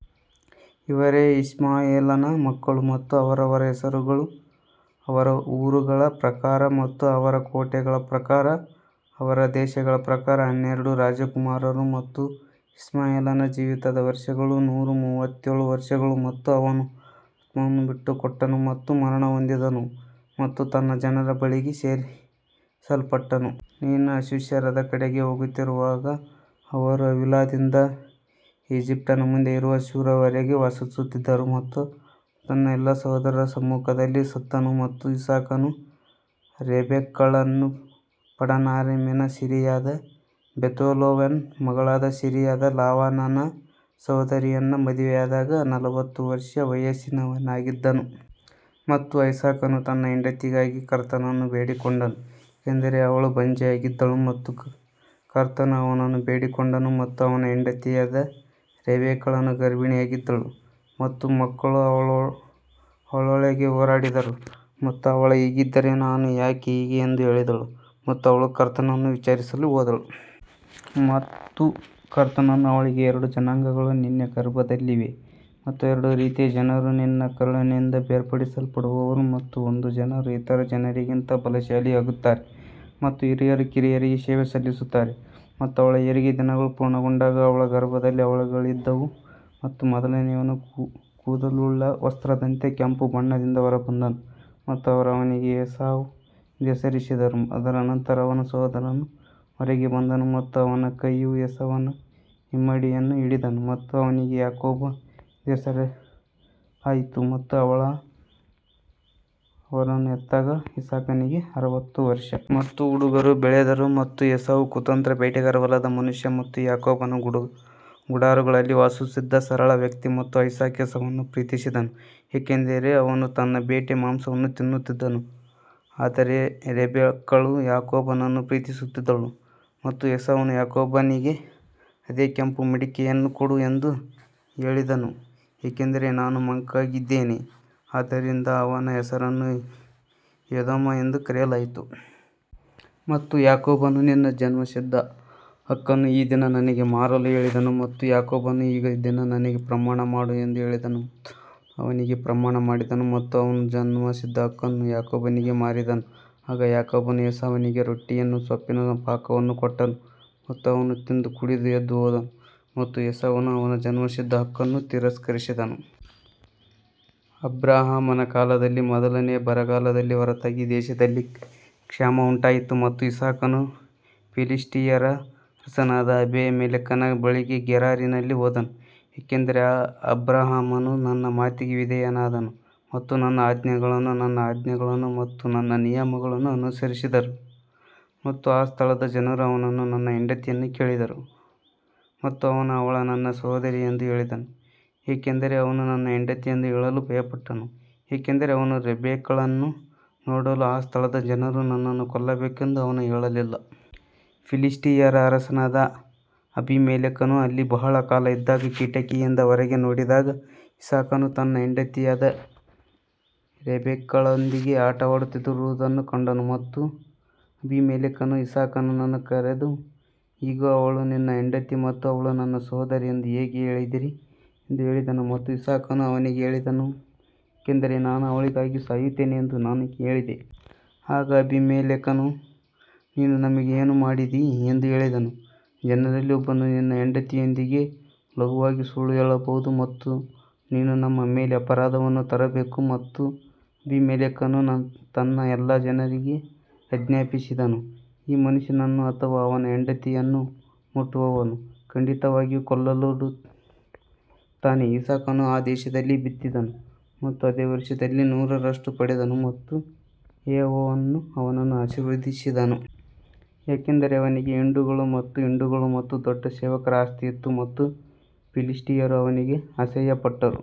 ಇವರೇ ಇಷ್ಮಾಯೇಲನ ಮಕ್ಕಳು ಮತ್ತು ಅವರವರ ಹೆಸರುಗಳು ಅವರ ಊರುಗಳ ಪ್ರಕಾರ ಮತ್ತು ಅವರ ಕೋಟೆಗಳ ಪ್ರಕಾರ ಅವರ ದೇಶಗಳ ಪ್ರಕಾರ ಹನ್ನೆರಡು ರಾಜಕುಮಾರರು. ಮತ್ತು ಇಷ್ಮಾಯೇಲನ ಜೀವಿತದ ವರ್ಷಗಳು ನೂರ ಮೂವತ್ತೇಳು ವರ್ಷಗಳು ಮತ್ತು ಅವನು ಆತ್ಮವನ್ನು ಬಿಟ್ಟುಕೊಟ್ಟನು ಮತ್ತು ಮರಣಹೊಂದಿದನು ಮತ್ತು ತನ್ನ ಜನರ ಬಳಿಗೆ ಸೇರಿಸಲ್ಪಟ್ಟನು. ನೀನು ಅಶ್ಶೂರದ ಕಡೆಗೆ ಹೋಗುತ್ತಿರುವಾಗ ಅವರು ಹವೀಲಾದಿಂದ ಈಜಿಪ್ಟಿನ ಮುಂದೆ ಇರುವ ಶೂರ್ ವರೆಗೆ ವಾಸಿಸುತ್ತಿದ್ದರು ಮತ್ತು ಅವನು ತನ್ನ ಎಲ್ಲಾ ಸಹೋದರರ ಸಮ್ಮುಖದಲ್ಲಿ ಸತ್ತನು. ಮತ್ತು ಇಸಾಕನು ರೆಬೆಕ್ಕಳನ್ನು ಪಡನಾರಾಮಿನ ಸಿರಿಯಾದ ಬೆತೂವೇಲನ ಮಗಳಾದ ಸಿರಿಯಾದ ಲಾಬಾನನ ಸಹೋದರಿಯನ್ನು ಮದುವೆಯಾದಾಗ ನಲವತ್ತು ವರ್ಷ ವಯಸ್ಸಿನವನಾಗಿದ್ದನು. ಮತ್ತು ಐಸಾಕನು ತನ್ನ ಹೆಂಡತಿಗಾಗಿ ಕರ್ತನನ್ನು ಬೇಡಿಕೊಂಡನು ಏಕೆಂದರೆ ಅವಳು ಬಂಜೆಯಾಗಿದ್ದಳು ಮತ್ತು ಕರ್ತನು ಅವನನ್ನು ಬೇಡಿಕೊಂಡನು ಮತ್ತು ಅವನ ಹೆಂಡತಿಯಾದ ರೆಬೆಕ್ಕಳು ಗರ್ಭಿಣಿಯಾಗಿದ್ದಳು. ಮತ್ತು ಮಕ್ಕಳು ಅವಳೊಳಗೆ ಹೋರಾಡಿದರು ಮತ್ತು ಅವಳು ಹೀಗಿದ್ದರೆ ನಾನು ಯಾಕೆ ಹೀಗೆ ಎಂದು ಹೇಳಿದಳು ಮತ್ತು ಅವಳು ಕರ್ತನನ್ನು ವಿಚಾರಿಸಲು ಹೋದಳು. ಮತ್ತು ಕರ್ತನು ಅವಳಿಗೆ ಎರಡು ಜನಾಂಗಗಳು ನಿನ್ನ ಗರ್ಭದಲ್ಲಿವೆ ಮತ್ತು ಎರಡು ರೀತಿಯ ಜನರು ನಿನ್ನ ಕರುಳಿನಿಂದ ಬೇರ್ಪಡಿಸಲ್ಪಡುವರು ಮತ್ತು ಒಂದು ಜನರು ಇತರ ಜನರಿಗಿಂತ ಬಲಶಾಲಿಯಾಗುತ್ತಾರೆ ಮತ್ತು ಹಿರಿಯರು ಕಿರಿಯರಿಗೆ ಸೇವೆ ಸಲ್ಲಿಸುತ್ತಾರೆ. ಮತ್ತು ಅವಳ ಹೆರಿಗೆಯ ದಿನಗಳು ಪೂರ್ಣಗೊಂಡಾಗ ಅವಳ ಗರ್ಭದಲ್ಲಿ ಅವಳಿಗಳಿದ್ದವು ಮತ್ತು ಮೊದಲನೆಯವನು ಕೂದಲುಳ್ಳ ವಸ್ತ್ರದಂತೆ ಕೆಂಪು ಬಣ್ಣದಿಂದ ಹೊರಬಂದನು ಮತ್ತು ಅವರು ಅವನಿಗೆ ಏಸಾವ್ ಎಂದು ಹೆಸರಿಸಿದರು ಅದರ ನಂತರ ಅವನ ಸಹೋದರನು ಹೊರಗೆ ಬಂದನು ಮತ್ತು ಅವನ ಕೈಯು ಏಸಾವನ ಹಿಮ್ಮಡಿಯನ್ನು ಹಿಡಿದನು ಮತ್ತು ಅವನಿಗೆ ಯಾಕೋಬ್ ಎಂದು ಹೆಸರಿಸಲಾಯಿತು ಮತ್ತು ಅವಳು ಅವರನ್ನು ಹೆತ್ತಾಗ ಇಸಾಕನಿಗೆ ಅರವತ್ತು ವರ್ಷ. ಮತ್ತು ಹುಡುಗರು ಬೆಳೆದರು ಮತ್ತು ಏಸಾವು ಕುತಂತ್ರ ಬೇಟೆಗಾರ ಹೊಲದ ಮನುಷ್ಯ ಮತ್ತು ಯಾಕೋಬನು ಗುಡಾರಗಳಲ್ಲಿ ವಾಸಿಸುತ್ತಿದ್ದ ಸರಳ ವ್ಯಕ್ತಿ. ಮತ್ತು ಐಸಾಕ್ ಏಸಾವನ್ನು ಪ್ರೀತಿಸಿದನು ಏಕೆಂದರೆ ಅವನು ತನ್ನ ಬೇಟೆ ಮಾಂಸವನ್ನು ತಿನ್ನುತ್ತಿದ್ದನು ಆದರೆ ರೆಬೆಕ್ಕಳು ಯಾಕೋಬನನ್ನು ಪ್ರೀತಿಸುತ್ತಿದ್ದಳು ಮತ್ತು ಏಸಾವನು ಯಾಕೋಬನಿಗೆ ಅದೇ ಕೆಂಪು ಮಡಿಕೆಯನ್ನು ಕೊಡು ಎಂದು ಹೇಳಿದನು, ಏಕೆಂದರೆ ನಾನು ಮಂಕಾಗಿದ್ದೇನೆ ಆದ್ದರಿಂದ ಅವನ ಹೆಸರನ್ನು ಎದೋಮ್ ಎಂದು ಕರೆಯಲಾಯಿತು. ಮತ್ತು ಯಾಕೋಬನು ನಿನ್ನ ಜನ್ಮಸಿದ್ಧ ಹಕ್ಕನ್ನು ಈ ದಿನ ನನಗೆ ಮಾರಲು ಹೇಳಿದನು ಮತ್ತು ಯಾಕೋಬನು ಈ ದಿನ ನನಗೆ ಪ್ರಮಾಣ ಮಾಡು ಎಂದು ಹೇಳಿದನು ಮತ್ತು ಅವನು ಅವನಿಗೆ ಪ್ರಮಾಣ ಮಾಡಿದನು ಮತ್ತು ಅವನು ತನ್ನ ಜನ್ಮಸಿದ್ಧ ಹಕ್ಕನ್ನು ಯಾಕೋಬನಿಗೆ ಮಾರಿದನು. ಆಗ ಯಾಕೋಬನು ಏಸಾವನಿಗೆ ರೊಟ್ಟಿಯನ್ನೂ ಸೊಪ್ಪಿನ ಪಾಕವನ್ನೂ ಕೊಟ್ಟನು ಮತ್ತು ಅವನು ತಿಂದು ಕುಡಿದು ಎದ್ದು ಹೋದನು ಮತ್ತು ಏಸಾವನು ಅವನ ಜನ್ಮಸಿದ್ಧ ಹಕ್ಕನ್ನು ತಿರಸ್ಕರಿಸಿದನು. ಅಬ್ರಹಾಮನ ಕಾಲದಲ್ಲಿ ಮೊದಲನೆಯ ಬರಗಾಲದ ಹೊರತಾಗಿ ದೇಶದಲ್ಲಿ ಕ್ಷಾಮ ಉಂಟಾಯಿತು ಮತ್ತು ಇಸಾಕನು ಫಿಲಿಷ್ಟಿಯರ ಅರಸನಾದ ಅಬೀಮೆಲೆಕನ ಬಳಿಗೆ ಗೆರಾರಿನಲ್ಲಿ ಹೋದನು. ಏಕೆಂದರೆ ಆ ಅಬ್ರಹಾಮನು ನನ್ನ ಮಾತಿಗೆ ವಿಧೇಯನಾದನು ಮತ್ತು ನನ್ನ ಆಜ್ಞೆಗಳನ್ನು ನನ್ನ ಆಜ್ಞೆಗಳನ್ನು ಮತ್ತು ನನ್ನ ನಿಯಮಗಳನ್ನು ಅನುಸರಿಸಿದನು ಮತ್ತು ಆ ಸ್ಥಳದ ಜನರು ಅವನನ್ನು ಅವನ ಹೆಂಡತಿಯನ್ನು ಕೇಳಿದರು ಮತ್ತು ಅವನು ಅವಳು ನನ್ನ ಸಹೋದರಿ ಎಂದು ಹೇಳಿದನು ಏಕೆಂದರೆ ಅವನು ನನ್ನ ಹೆಂಡತಿ ಎಂದು ಹೇಳಲು ಭಯಪಟ್ಟನು ಏಕೆಂದರೆ ಅವನು ರೆಬೆಕ್ಕಳನ್ನು ನೋಡಲು ಆ ಸ್ಥಳದ ಜನರು ನನ್ನನ್ನು ಕೊಲ್ಲಬೇಕೆಂದು ಅವನು ಹೇಳಲಿಲ್ಲ. ಫಿಲಿಷ್ಟಿಯರ ಅರಸನಾದ ಅಬೀಮೆಲೆಕನು ಅಲ್ಲಿ ಬಹಳ ಕಾಲ ಇದ್ದಾಗ ಕಿಟಕಿಯಿಂದ ಹೊರಗೆ ನೋಡಿದಾಗ ಇಸಾಕನು ತನ್ನ ಹೆಂಡತಿಯಾದ ರೆಬೆಕ್ಕಳೊಂದಿಗೆ ಆಟವಾಡುತ್ತಿರುವುದನ್ನು ಕಂಡನು. ಮತ್ತು ಅಬೀಮೆಲೆಕನು ಇಸಾಕನನ್ನು ಕರೆದು, ಇಗೋ, ಅವಳು ನಿನ್ನ ಹೆಂಡತಿ ಮತ್ತು ಅವಳು ನನ್ನ ಸಹೋದರಿ ಎಂದು ಹೇಗೆ ಹೇಳಿದಿರಿ ಎಂದು ಹೇಳಿದನು ಮತ್ತು ಇಸಾಕನು ಅವನಿಗೆ ಹೇಳಿದನು ಏಕೆಂದರೆ ನಾನು ಅವಳಿಗಾಗಿ ಸಾಯುತ್ತೇನೆ ಎಂದು ನಾನು ಹೇಳಿದೆ. ಆಗ ಅಬೀಮೆಲೆಕನು, ನೀನು ನಮಗೆ ಏನು ಮಾಡಿದಿ ಎಂದು ಹೇಳಿದನು, ಜನರಲ್ಲಿ ಒಬ್ಬನು ನಿನ್ನ ಹೆಂಡತಿಯೊಂದಿಗೆ ಲಘುವಾಗಿ ಸುಳ್ಳು ಹೇಳಬಹುದು ಮತ್ತು ನೀನು ನಮ್ಮ ಮೇಲೆ ಅಪರಾಧವನ್ನು ತರಬೇಕು. ಮತ್ತು ಅಬೀಮೆಲೆಕನು ತನ್ನ ಎಲ್ಲಾ ಜನರಿಗೆ ಆಜ್ಞಾಪಿಸಿದನು, ಈ ಮನುಷ್ಯನನ್ನು ಅಥವಾ ಅವನ ಹೆಂಡತಿಯನ್ನು ಮುಟ್ಟುವವನು ಖಂಡಿತವಾಗಿಯೂ ಕೊಲ್ಲಲ್ಪಡುತ್ತಾನೆ ಇಸಾಕನು ಆ ದೇಶದಲ್ಲಿ ಬಿತ್ತಿದನು ಮತ್ತು ಅದೇ ವರ್ಷದಲ್ಲಿ ನೂರರಷ್ಟು ಪಡೆದನು ಮತ್ತು ಯೆಹೋವನು ಅವನನ್ನು ಆಶೀರ್ವದಿಸಿದನು. ಯಾಕಂದರೆ ಅವನಿಗೆ ಹಿಂಡುಗಳು ಮತ್ತು ಹಿಂಡುಗಳು ಮತ್ತು ದೊಡ್ಡ ಸೇವಕರ ಆಸ್ತಿ ಇತ್ತು ಮತ್ತು ಫಿಲಿಷ್ಟಿಯರು ಅವನಿಗೆ ಅಸೂಯೆಪಟ್ಟರು.